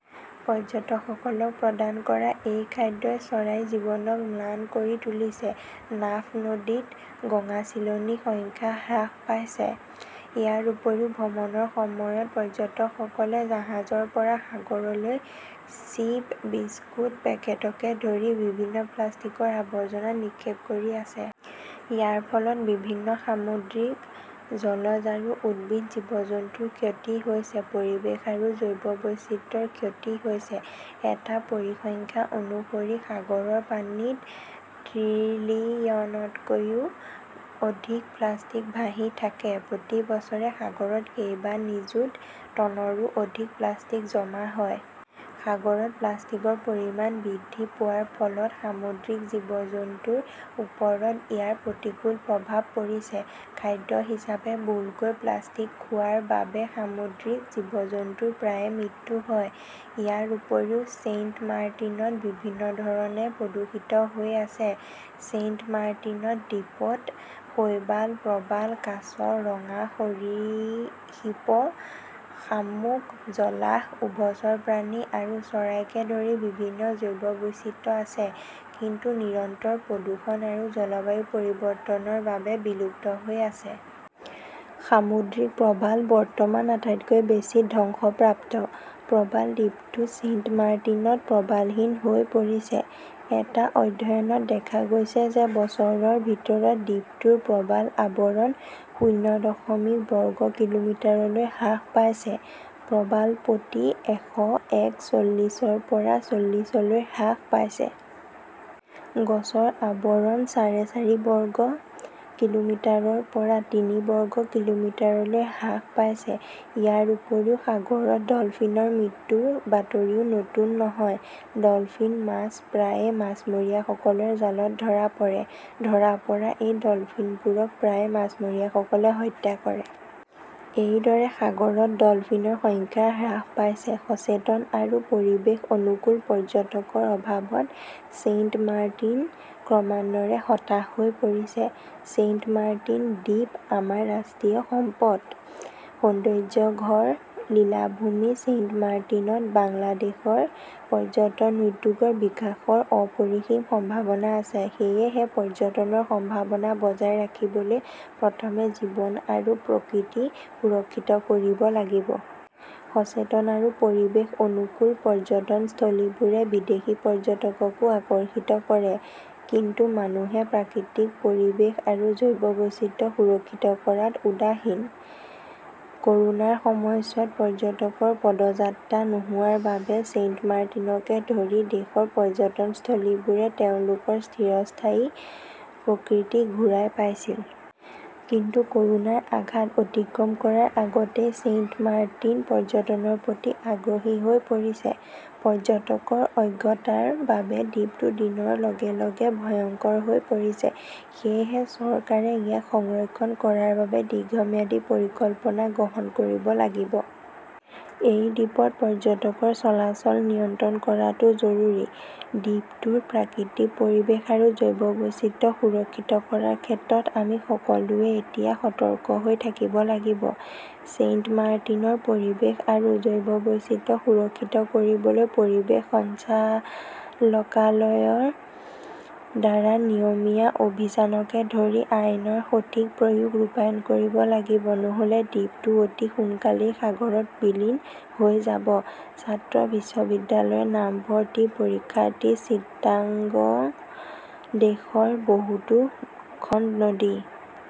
পৰ্যটকসকলক প্ৰদান কৰা এই খাদ্যই চৰাইৰ জীৱনক ম্লান কৰি তুলিছে, নাফ নদীত গঙাচিলনী সংখ্যা হ্ৰাস পাইছে। ইয়াৰ উপৰিও ভ্ৰমণৰ সময়ত পৰ্যটকসকলে জাহাজৰ পৰা সাগৰলৈ চিপ, বিস্কুটৰ পেকেটকে ধৰি বিভিন্ন প্লাষ্টিকৰ আৱৰ্জনা নিক্ষেপ কৰি আছে। ইয়াৰ ফলত বিভিন্ন সামুদ্ৰিক জলজ আৰু উদ্ভিদ জীৱ-জন্তুৰ ক্ষতি হৈছে। পৰিৱেশ আৰু জৈৱ বৈচিত্ৰ্যৰ ক্ষতি হৈছে। এটা পৰিসংখ্যা অনুসৰি সাগৰৰ পানীত ট্ৰিলিয়নতকৈও অধিক প্লাষ্টিক ভাহি থাকে। প্ৰতি বছৰে সাগৰত কেইবা নিযুত টনৰো অধিক প্লাষ্টিক জমা হয়। সাগৰত প্লাষ্টিকৰ পৰিমাণ বৃদ্ধি পোৱাৰ ফলত সামুদ্ৰিক জীৱ-জন্তুৰ ওপৰত ইয়াৰ প্ৰতিকূল প্ৰভাৱ পৰিছে। খাদ্য হিচাপে ভুলকৈ প্লাষ্টিক খোৱাৰ বাবে সামুদ্ৰিক জীৱ-জন্তুৰ প্ৰায়ে মৃত্যু হয়। ইয়াৰ উপৰিও ছেইণ্টমাৰ্টিনত বিভিন্ন ধৰণে প্ৰদূষিত হৈ আছে। ছেইণ্টমাৰ্টিন দ্বীপত শৈবাল, প্ৰবাল, কাছ, ৰঙা সৰীসৃপ, শামুক, জলাহ, উভচৰ প্ৰাণী আৰু চৰাইকে ধৰি বিভিন্ন জৈৱ বৈচিত্ৰ্য আছে, কিন্তু নিৰন্তৰ প্ৰদূষণ আৰু জলবায়ু পৰিৱৰ্তনৰ বাবে বিলুপ্ত হৈ আছে। সামুদ্ৰিক প্ৰবাল বৰ্তমান আটাইতকৈ বেছি ধ্বংসপ্ৰাপ্ত। প্ৰবাল দ্বীপটো ছেইণ্টমাৰ্টিনত প্ৰবালহীন হৈ পৰিছে। এটা অধ্যয়নত দেখা গৈছে যে বছৰৰ ভিতৰত দ্বীপটোৰ প্ৰবাল আৱৰণ শূন্য দশমিক বৰ্গ কিলোমিটাৰলৈ হ্ৰাস পাইছে। প্ৰবাল প্ৰতি এশএকচল্লিছ ৰ পৰা চল্লিছলৈ হ্ৰাস পাইছে। গছৰ আৱৰণ চাৰে চাৰি বৰ্গ কিলোমিটাৰৰ পৰা তিনি বৰ্গ কিলোমিটাৰলৈ হ্ৰাস পাইছে। ইয়াৰ উপৰিও সাগৰত ডলফিনৰ মৃত্যুৰ বাতৰিও নতুন নহয়। ডলফিন মাছ প্ৰায়ে মাছমৰীয়াসকলৰ জালত ধৰা পৰে। ধৰা পৰা এই ডলফিনবোৰক প্ৰায়ে মাছমৰীয়াসকলে হত্যা কৰে। এইদৰে সাগৰত ডলফিনৰ সংখ্যা হ্ৰাস পাইছে। সচেতন আৰু পৰিৱেশ-অনুকূল পৰ্যটকৰ অভাৱত ছেইণ্টমাৰ্টিন ক্ৰমান্বয়ে হতাশ হৈ পৰিছে। ছেইণ্টমাৰ্টিন দ্বীপ আমাৰ ৰাষ্ট্ৰীয় সম্পদ। সৌন্দৰ্য্যঘৰ লীলাভূমি ছেইণ্টমাৰ্টিনত বাংলাদেশৰ পৰ্যটন উদ্যোগৰ বিকাশৰ অপৰিসীম সম্ভাৱনা আছে। সেয়েহে পৰ্যটনৰ সম্ভাৱনা বজাই ৰাখিবলৈ প্ৰথমে জীৱন আৰু প্ৰকৃতি সুৰক্ষিত কৰিব লাগিব। সচেতন আৰু পৰিৱেশ-অনুকূল পৰ্যটনস্থলীবোৰে বিদেশী পৰ্যটককো আকৰ্ষিত কৰে, কিন্তু মানুহে প্ৰাকৃতিক পৰিৱেশ আৰু জৈৱ বৈচিত্ৰ্য সুৰক্ষিত কৰাত উদাসীন । ক'ৰোনাৰ সময়ছোৱাত পৰ্যটকৰ পদযাত্ৰা নোহোৱাৰ বাবে ছেইণ্টমাৰ্টিনকে ধৰি দেশৰ পৰ্যটনস্থলীবোৰে তেওঁলোকৰ চিৰস্থায়ী প্ৰকৃতি ঘূৰাই পাইছিল। কিন্তু ক'ৰোনাৰ আঘাত অতিক্ৰম কৰাৰ আগতেই ছেইণ্টমাৰ্টিন পৰ্যটনৰ প্ৰতি আগ্ৰহী হৈ পৰিছে। পৰ্যটকৰ অজ্ঞতাৰ বাবে দ্বীপটো দিনৰ লগে লগে ভয়ংকৰ হৈ পৰিছে। সেয়েহে চৰকাৰে ইয়াক সংৰক্ষণ কৰাৰ বাবে দীৰ্ঘম্যাদী পৰিকল্পনা গ্ৰহণ কৰিব লাগিব। এই দ্বীপত পৰ্যটকৰ চলাচল নিয়ন্ত্ৰণ কৰাটো জৰুৰী। দ্বীপটোৰ প্ৰাকৃতিক পৰিৱেশ আৰু জৈৱ বৈচিত্ৰ্য সুৰক্ষিত কৰাৰ ক্ষেত্ৰত আমি সকলোৱে এতিয়া সতৰ্ক হৈ থাকিব লাগিব। ছেইণ্টমাৰ্টিনৰ পৰিৱেশ আৰু জৈৱ বৈচিত্ৰ্য সুৰক্ষিত কৰিবলৈ পৰিৱেশ সঞ্চালকালয়ৰ দ্বাৰা নিয়মীয়া অভিযানকে ধৰি আইনৰ সঠিক প্ৰয়োগ ৰূপায়ণ কৰিব লাগিব, নহ'লে দ্বীপটো অতি সোনকালেই সাগৰত বিলীন হৈ যাব। ছাত্ৰ, বিশ্ববিদ্যালয়ৰ নামভৰ্তি পৰীক্ষাৰ্থী, চিটাগং দেশৰ বহুতো খন নদী